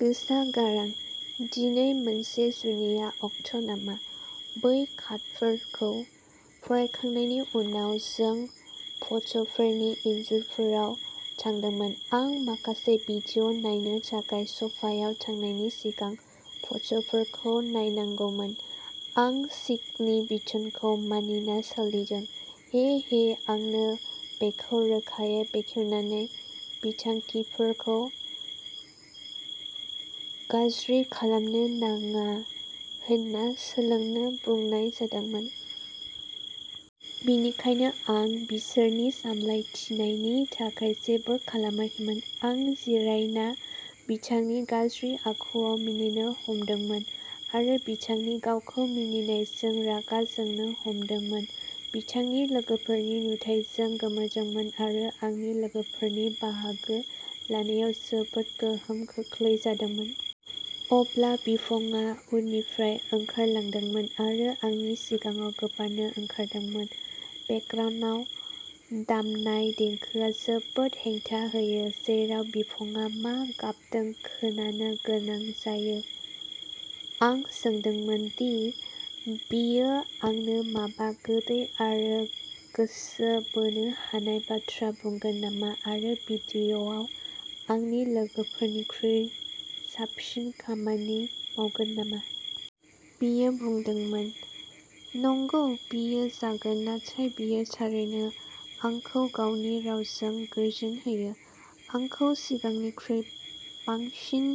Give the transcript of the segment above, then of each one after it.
गोसा गारां "दिनै मोनसे जुनिया अक्ट'नामा?". बै कार्डफोरखौ फरायखांनायनि उनाव जों फट'फोरनि इन्जुरफोराव थांदोंमोन। आं माखासे भिडिअ' नायनो थाखाय स'फायाव थांनायनि सिगां फट'फोरखौ नायनांगौमोन। आं चिंगनि बिथोनखौ मानिना सोलिदों। हे हे आंनो बेखौ रोखायै बेखेवनानै बिथांखिफोरखौ गाज्रि खालामनो नाङा होनना सोलोंनो बुंनाय जादोंमोन। बेनिखायनो आं बिसोरनि सामलायथिनायनि थाखाय जेबो खालामाखैमोन। आं जिरायना बिथांनि गाज्रि आखुआव मिनिनो हमदोंमोन आरो बिथांनि गावखौ मानिनायजों रागा जोंनो हमदोंमोन, बिथांनि लोगोफोरनि नुथाइजों गोमोदोंमोन आरो आंनि लोगोफोरनि बाहागो लानायाव जोबोद गोहोम खोख्लैजादोंमोन। अब्ला बिफंआ उननिफ्राय ओंखारलांदोंमोन आरो आंनि सिगाङाव गोबानो ओंखारदोंमोन। बेकग्राउन्दआव दामनाय देंखोआ जोबोद हेंथा होयो, जेराव बिफंआ मा गाबदों खोनानो गोनां जायो। आं सोंदोंमोन दि बियो आंनो माबा गोदै आरो गोसो बोनो हानाय बाथ्रा बुंगोन नामा आरो भिडिअ'आव आंनि लोगोफोरनिख्रुइ साबसिन खामानि मावगोन नामा। बियो बुंदोंमोन नंगौ, बियो जागोन। नाथाय, बियो थारैनो आंखौ गावनि रावजों गोजोन होयो, आंखौ सिगांनिख्रुइ बांसिन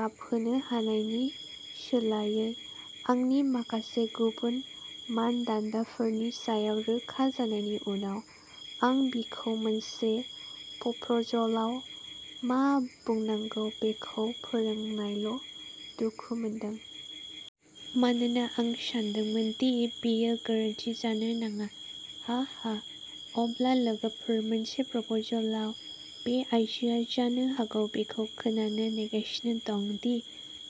गाबहोनो होनायनि सोलायै। आंनि माखासे गुबुन मानदान्दाफोरनि सायाव रोखा जानायनि उनाव, आं बिखौ मोनसे प्रप'जलाव मा बुंनांगौ बेखौ फोरोंनायल' दुखु मोनदों। मानोना आं सानदोंमोन दि बेयो गोरोन्थि जानो नाङा। हा हा अब्ला लोगोफोर, मोनसे प्रप'जलाव, बे आइजोआ जानो हागौ बेखौ खोनानो नेगासिनो दं दि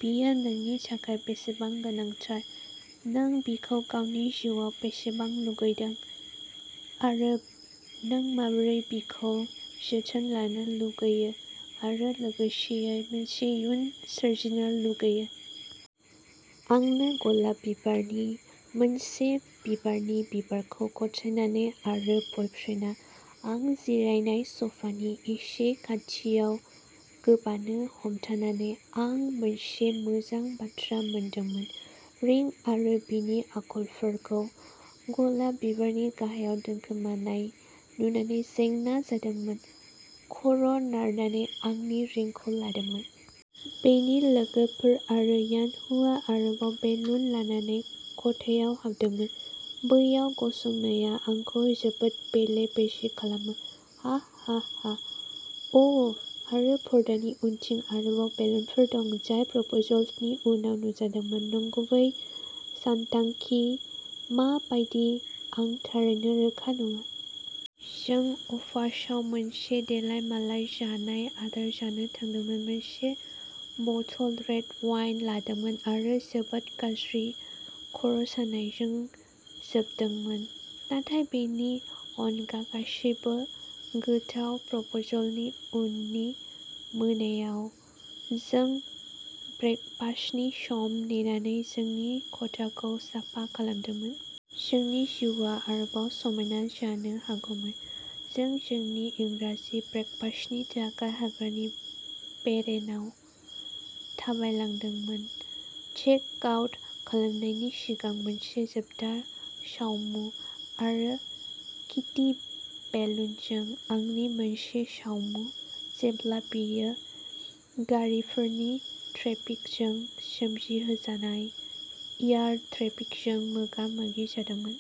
बियो नोंनि थाखाय बेसेबां गोनांथार, नों बिखौ गावनि जिउआव बेसेबां लुबैदों आरो नों माबोरै बिखौ जोथोन लानो लुगैयो आरो लोगोसेयै मोनसे इयुन सोरजिनो लुगैयो। आंनो गलाब बिबारनि मोनसे बिबारनि बिबारखौ गथायनानै आरो बइप्रिन्टआ आं जिरायनाय स'फानि एसे खाथियाव गोबानो हमथानानै, आं मोनसे मोजां बाथ्रा मोनदोंमोन। रिं आरो बिनि आखलफोरखौ गलाब बिबारनि गाहायाव दोनखोमानाय नुनानै जेंना जादोंमोन। खर'नारनानै आंनि रिंखौ लादोंमोन। बिनि लोगोफोर आरो यानहुईआ आरोबाव बेलुन लानानै खथायाव हाबदोंमोन। बैयाव गसंनाया आंखौ जोबोद बेले-बेजे खालामो। हाहाहा अ' आरो पर्दानि उनथिं आरोबाव बेलुनफोर दं, जाय प्रप'जलसनि उनाव नुजादोंमोन। नंगुबै सानथांखि मा बायदि, आं थारैनो रोखा नङा। जों अ'पासाव मोनसे देलायमालाय जानाय आदार जानो थांदोंमोन। मोनसे बथल रेड वाइन लोंदोंमोन आरो जोबोद गाज्रि खर'सानायजों जोबदोंमोन, नाथाय बेनि अनगा, गासैबो गोथाव! प्रप'जलनि उननि मोनायाव, जों ब्रेकफास्टनि सम नेनानै जोंनि खथाखौ साफा खालामनांदोंमोन। जोंनि जिउआ आरोबाव समायना जानो हागौमोन। जों जोंनि इंराजि ब्रेकफास्टनि थाखाय हाग्रानि बेरेनाव थाबायलांदोंमोन। चेक आउट खालामनायनि सिगां मोनसे जोबथा सावमु। आरो किटि बेलुनजों आंनि मोनसे सावमु, जेब्ला बेयो गारिफोरनि ट्रेफिकजों सोमजिहोजानाय एयार ड्राफ्टजों मोगा-मोगि जादोंमोन।